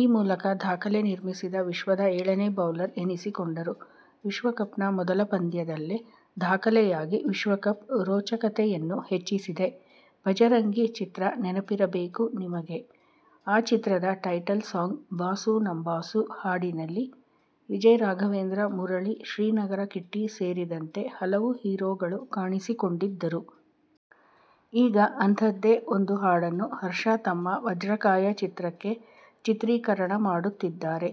ಈ ಮೂಲಕ ದಾಖಲೆ ನಿರ್ಮಿಸಿದ ವಿಶ್ವದ ಏಳನೇ ಬೌಲರ್ ಎನಿಸಿಕೊಂಡರು. ವಿಶ್ವಕಪ್ನ ಮೊದಲ ಪಂದ್ಯದಲ್ಲೇ ದಾಖಲೆಯಾಗಿ ವಿಶ್ವಕಪ್ ರೋಚತೆಯನ್ನು ಹೆಚ್ಚಿಸಿದೆ. "ಭಜರಂಗಿ' ಚಿತ್ರ ನೆನಪಿರಬೇಕು ನಿಮಗೆ. ಆ ಚಿತ್ರದ ಟೈಟಲ್ ಸಾಂಗ್ "ಬಾಸು ನಮ್ ಬಾಸು' ಹಾಡಿನಲ್ಲಿ ವಿಜಯ್ ರಾಘವೇಂದ್ರ, ಮುರಳಿ, ಶ್ರೀನಗರ ಕಿಟ್ಟಿ ಸೇರಿದಂತೆ ಹಲವು ಹೀರೋಗಳು ಕಾಣಿಸಿಕೊಂಡಿದ್ದರು. ಈಗ ಅಂಥದ್ದೇ ಒಂದು ಹಾಡನ್ನು ಹರ್ಷ ತಮ್ಮ "ವಜ್ರಕಾಯ' ಚಿತ್ರಕ್ಕೆ ಚಿತ್ರೀಕರಣ ಮಾಡುತ್ತಿದ್ದಾರೆ.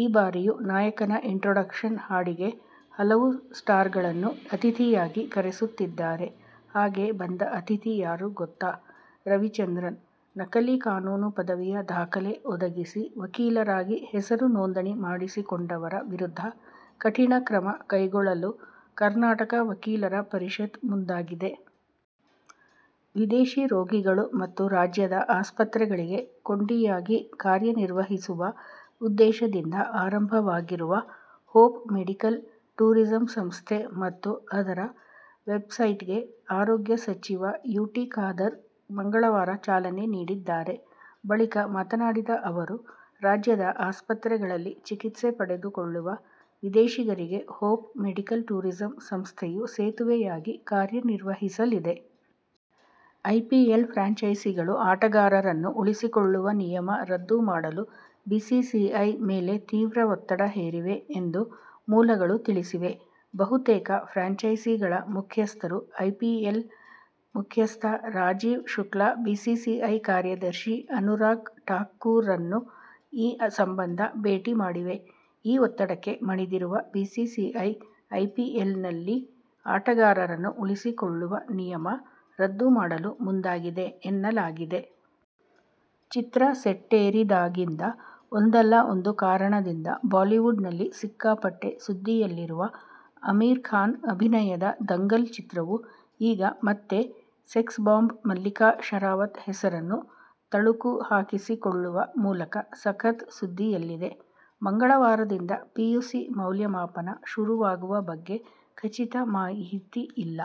ಈ ಬಾರಿಯೂ ನಾಯಕನ ಇಂಟ್ರೊಡಕ್ಷನ್ ಹಾಡಿಗೆ ಹಲವು ಸ್ಟಾರ್ಗಳನ್ನು ಅತಿಥಿಯಾಗಿ ಕರೆಸುತ್ತಿದ್ದಾರೆ. ಹಾಗೆ ಬಂದ ಅತಿಥಿ ಯಾರು ಗೊತ್ತಾ? ರವಿಚಂದ್ರನ್. ನಕಲಿ ಕಾನೂನು ಪದವಿಯ ದಾಖಲೆ ಒದಗಿಸಿ ವಕೀಲರಾಗಿ ಹೆಸರು ನೋಂದಣಿ ಮಾಡಿಸಿಕೊಂಡವರ ವಿರುದ್ಧ ಕಠಿಣ ಕ್ರಮ ಕೈಗೊಳ್ಳಲು ಕರ್ನಾಟಕ ವಕೀಲರ ಪರಿಷತ್ ಮುಂದಾಗಿದೆ. ವಿದೇಶಿ ರೋಗಿಗಳು ಮತ್ತು ರಾಜ್ಯದ ಆಸ್ಪತ್ರೆಗಳಿಗೆ ಕೊಂಡಿಯಾಗಿ ಕಾರ್ಯನಿರ್ವಹಿಸುವ ಉದ್ದೇಶದಿಂದ ಆರಂಭವಾಗಿರುವ ಹೋಪ್ ಮೆಡಿಕಲ್ ಟೂರಿಸಂ ಸಂಸ್ಥೆ ಮತ್ತು ಅದರ ವೆಬ್ಸೈಟ್ಗೆ ಆರೋಗ್ಯ ಸಚಿವ ಯು. ಟಿ. ಖಾದರ್ ಮಂಗಳವಾರ ಚಾಲನೆ ನೀಡಿದ್ದಾರೆ. ಬಳಿಕ ಮಾತನಾಡಿದ ಅವರು, ರಾಜ್ಯದ ಆಸ್ಪತ್ರೆಗಳಲ್ಲಿ ಚಿಕಿತ್ಸೆ ಪಡೆದುಕೊಳ್ಳುವ ವಿದೇಶಿಗರಿಗೆ ಹೋಪ್ ಮೆಡಿಕಲ್ ಟೂರಿಸಂ ಸಂಸ್ಥೆಯು ಸೇತುವೆಯಾಗಿ ಕಾರ್ಯನಿರ್ವಹಿಸಲಿದೆ. ಐಪಿಎಲ್ ಫ್ರಾಂಚೈಸಿಗಳು ಆಟಗಾರರನ್ನು ಉಳಿಸಿಕೊಳ್ಳುವ ನಿಯಮ ರದ್ದು ಮಾಡಲು ಬಿಸಿಸಿಐ ಮೇಲೆ ತೀವ್ರ ಒತ್ತಡ ಹೇರಿವೆ ಎಂದು ಮೂಲಗಳು ತಿಳಿಸಿವೆ. ಬಹುತೇಕ ಫ್ರಾಂಚೈಸಿಗಳ ಮುಖ್ಯಸ್ಥರು ಐಪಿಎಎಲ್ ಮುಖ್ಯಸ್ಥ ರಾಜೀವ್ ಶುಕ್ಲಾ, ಬಿಸಿಸಿಐ ಕಾರ್ಯದರ್ಶಿ ಅನುರಾಗ್ ಠಾಕೂರ್ರನ್ನು ಈ ಸಂಬಂಧ ಭೇಟಿ ಮಾಡಿವೆ, ಈ ಒತ್ತಡಕ್ಕೆ ಮಣಿದಿರುವ ಬಿಸಿಸಿಐ ಐಪಿಎಲ್ನಲ್ಲಿ ಆಟಗಾರರನ್ನು ಉಳಿಸಿಕೊಳ್ಳುವ ನಿಯಮ ರದ್ದು ಮಾಡಲು ಮುಂದಾಗಿದೆ ಎನ್ನಲಾಗಿದೆ. ಚಿತ್ರ ಸೆಟ್ಟೇರಿದಾಗಿಂದ ಒಂದಲ್ಲ ಒಂದು ಕಾರಣದಿಂದ ಬಾಲಿವುಡ್ ನಲ್ಲಿ ಸಿಕ್ಕಾಪಟ್ಟೆ ಸುದ್ದಿಯಲ್ಲಿರುವ ಅಮೀರ್ ಖಾನ್ ಅಭಿನಯದ ದಂಗಲ್ ಚಿತ್ರವು ಈಗ ಮತ್ತೆ ಸೆಕ್ಸ್ ಬಾಂಬ್ ಮಲ್ಲಿಕಾ ಶೆರಾವತ್ ಹೆಸರನ್ನು ತಳುಕು ಹಾಕಿಸಿಕೊಳ್ಳುವ ಮೂಲಕ ಸಖತ್ ಸುದ್ದಿಯಲ್ಲಿದೆ. ಮಂಗಳವಾರದಿಂದ ಪಿಯುಸಿ ಮೌಲ್ಯಮಾಪನ ಶುರುವಾಗುವ ಬಗ್ಗೆ ಖಚಿತ ಮಾಹಿತಿ ಇಲ್ಲ.